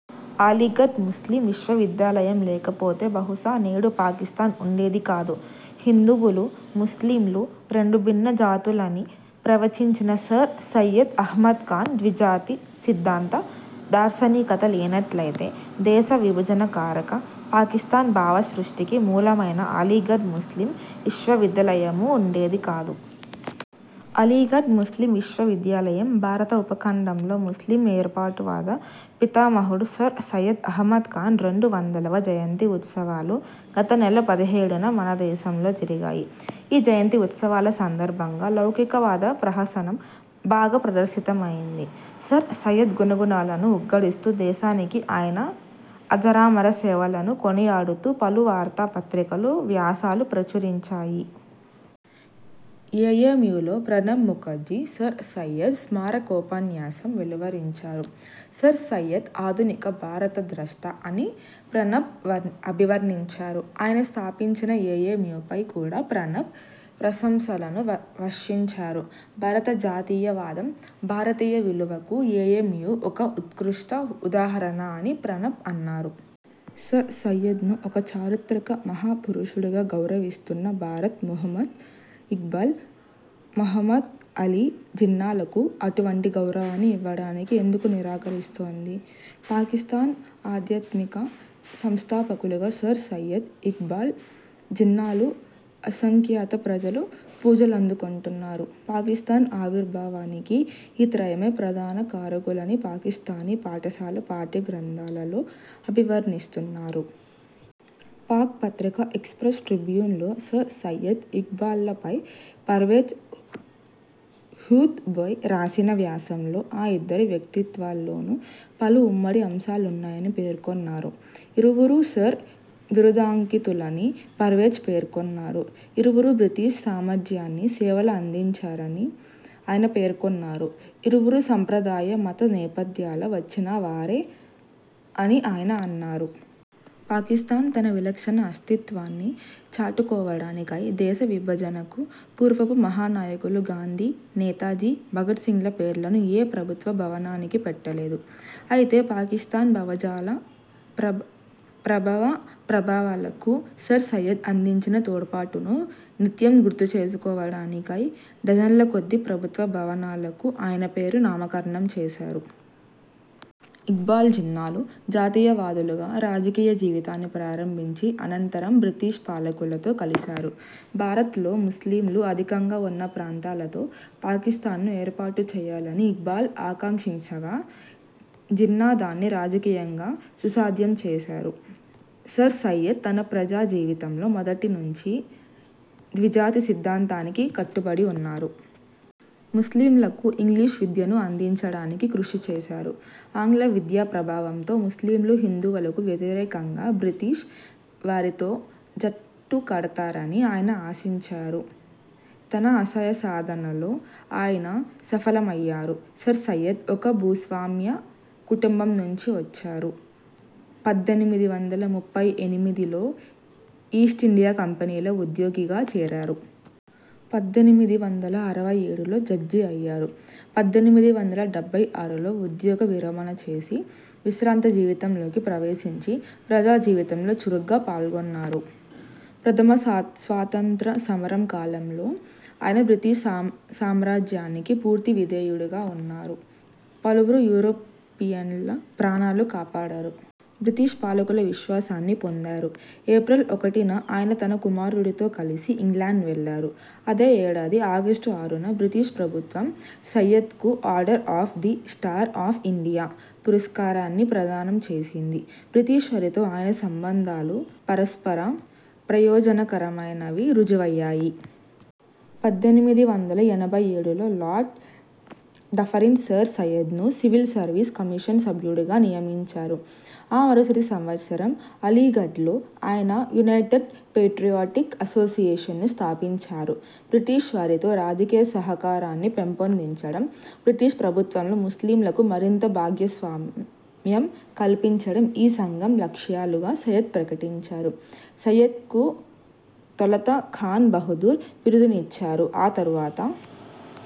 Aligarh Muslim విశ్వవిద్యాలయం లేకపోతే, బహుశా, నేడు పాకిస్థాన్ వుండేది కాదు. హిందువులు, ముస్లింలు రెండు భిన్న జాతులని ప్రవచించిన సర్ సయ్యద్ అహ్మద్ఖాన్ ద్విజాతి సిద్ధాంత 'దార్శనికత' లేనట్లయితే, దేశ విభజన కారక, పాకిస్థాన్ భావ సృష్టికి మూలమైన అలీగఢ్ ముస్లిమ్ విశ్వవిద్యాలయమూ వుండేది కాదు. అలీగఢ్ ముస్లిమ్ విశ్వవిద్యాలయం, భారత ఉపఖండంలో ముస్లిమ్ వేర్పాటువాద పితామహుడు సర్ సయ్యద్ అహ్మద్ ఖాన్ రెండు వందలవ జయంతి ఉత్సవాలు గత నెల పదిహేడున మనదేశంలో జరిగాయి. ఈ జయంతి ఉత్సవాల సందర్భంగా 'లౌకికవాద' ప్రహసనం బాగా ప్రదర్శితమయింది. సర్ సయ్యద్ 'గుణగణాల'ను ఉగ్గడిస్తూ, దేశానికి ఆయన అజరామర 'సేవల'ను కొనియాడుతూ పలు వార్తాపత్రికలు వ్యాసాలు ప్రచురించాయి. ఏఎమ్యూలో ప్రణబ్ ముఖర్జీ సర్ సయ్యద్ స్మారకోపన్యాసం వెలువరించారు. సర్ సయ్యద్ 'ఆధునిక భారత ద్రష్ట' అని ప్రణబ్ అభివర్ణించారు. ఆయన స్థాపించిన ఏఎమ్యూపై కూడా ప్రణబ్ ప్రశంసలను వర్షించారు. 'భారత జాతీయవాదం, భారతీయ విలువల'కు ఏఎమ్యూ ఒక ఉత్కృష్ట ఉదాహరణ' అని ప్రణబ్ అన్నారు. సర్ సయ్యద్ను ఒక 'చారిత్రక మహా పురుషుడు'గా గౌరవిస్తున్న భారత్ ముహమ్మద్ ఇక్బాల్, మహమ్మద్ అలీ జిన్నాలకు అటువంటి గౌరవాన్ని ఇవ్వడానికి ఎందుకు నిరాకరిస్తోంది? పాకిస్థాన్ ఆధ్యాత్మిక సంస్థాపకులుగా సర్ సయ్యద్, ఇక్బాల్, జిన్నాలు అసంఖ్యాక ప్రజల పూజలందుకొంటున్నారు. పాకిస్థాన్ ఆవిర్భావానికి ఈ త్రయమే ప్రధాన కారకులని పాకిస్థానీ పాఠశాల పాఠ్య గ్రంథాలలో అభివర్ణిస్తున్నారు. పాక్ పత్రిక 'ఎక్సప్రెస్ ట్రిబ్యూన్'లో సర్ సయ్యద్, ఇక్బాల్ల పై పర్వేజ్ హూద్ బోయ్ రాసిన వ్యాసంలో ఆ ఇద్దరి వ్యక్తిత్వాలతోను పలు ఉమ్మడి అంశాలున్నాయని పేర్కొన్నారు. ఇరువురూ సర్ బిరుదాంకితులని పర్వేజ్ పేర్కొన్నారు. ఇరువురూ బ్రిటిష్ సామ్రాజ్యానికి సేవలు అందించారని ఆయన పేర్కొన్నారు. ఇరువురూ సంప్రదాయ మత నేపథ్యాల వచ్చిన వారే అని ఆయన అన్నారు. పాకిస్థాన్ తన విలక్షణ అస్తిత్వాన్ని చాటుకోవడానికై దేశ విభజనకు పూర్వపు మహానాయకులు గాంధీ, నేతాజీ, భగత్ సింగ్ల పేర్లను ఏ ప్రభుత్వ భవనానికీ పెట్టలేదు. అయితే పాకిస్థాన్ భావజాల ప్రభవ ప్రాభవాలకు సర్ సయ్యద్ అందించిన తోడ్పాటును నిత్యం గుర్తుచేసుకోవడానికై డజన్లకొద్దీ ప్రభుత్వ భవనాలకు ఆయనపేర నామకరణం చేశారు. ఇక్బాల్, జిన్నాలు జాతీయవాదులుగా రాజకీయ జీవితాన్ని ప్రారంభించి, అనంతరం బ్రిటిష్పాలకులతో కలిశారు. భారత్లో ముస్లింలు అధికంగా వున్న ప్రాంతాలతో పాకిస్థాన్ను ఏర్పాటుచేయాలని ఇక్బాల్ ఆకాంక్షించగా జిన్నా దాన్ని రాజకీయంగా సుసాధ్యం చేశారు. సర్ సయ్యద్ తన ప్రజా జీవితంలో మొదటినుంచీ ద్విజాతి సిద్ధాంతానికే కట్టుబడి వున్నారు. ముస్లింలకు ఇంగ్లీష్ విద్యను అందించడానికి కృషి చేశారు. ఆంగ్ల విద్యా ప్రభావంతో ముస్లింలు హిందువులకు వ్యతిరేకంగా బ్రిటిష్ వారితో జట్టు కడతారని ఆయన ఆశించారు. తన ఆశయసాధనలో ఆయన సఫలమయ్యారు. సర్ సయ్యద్ ఒక భూస్వామ్య కుటుంబం నుంచి వచ్చారు. పద్దెనిమిది వందల ముప్పై ఎనిమిదిలో ఈస్టిండియా కంపెనీలో ఉద్యోగిగా చేరారు. పద్దెనిమిది వందల అరవై ఏడులో జడ్జి అయ్యారు. పద్దెనిమిది వందల డెబ్బై ఆరులో ఉద్యోగ విరమణ చేసి విశ్రాంత జీవితంలోకి ప్రవేశించి ప్రజా జీవితంలో చురుగ్గా పాల్గొన్నారు. ప్రథమ స్వాతంత్ర్య సమరం కాలంలో ఆయన బ్రిటిష్ సామ్రాజ్యానికి పూర్తి విధేయుడుగా వున్నారు. పలువురు యూరోపియన్ల ప్రాణాలు కాపాడారు. బ్రిటిష్ పాలకుల విశ్వాసాన్ని పొందారు. ఏప్రిల్ ఒకటిన ఆయన తన కుమారుడితో కలిసి ఇంగ్లాండ్ వెళ్ళారు. అదే ఏడాది ఆగస్టుఆరున బ్రిటిష్ ప్రభుత్వం సయ్యద్ కు 'Order of the Star of India' పురస్కారాన్ని ప్రదానం చేసింది. బ్రిటిష్ వారితో ఆయన సంబంధాలు పరస్పర ప్రయోజనకరమైనవని రుజువయ్యాయి. పద్దెనిమిది వందల ఎనభై ఏడులో లార్డ్ ఢఫరిన్ సర్ సయ్యద్ను సివిల్ సర్వీస్ కమిషన్ సభ్యుడుగా నియమించారు. ఆ మరుసటి సంవ త్సరం అలీగఢ్లో ఆయన 'యునైటెడ్ పేట్రియాటిక్ అసోసియేషన్'ను స్థాపించారు. బ్రిటిష్ వారితో రాజకీయ సహకారాన్ని పెంపొందించడం, బ్రిటిష్ ప్రభుత్వంలో ముస్లింలకు మరింత భాగస్వామ్యం కల్పించడం ఈ సంఘం లక్ష్యాలుగా సయ్యద్ ప్రకటించారు. సయ్యద్ కు తొలుత 'ఖాన్ బహదూర్' బిరుదునిచ్చారు. ఆ తరువాత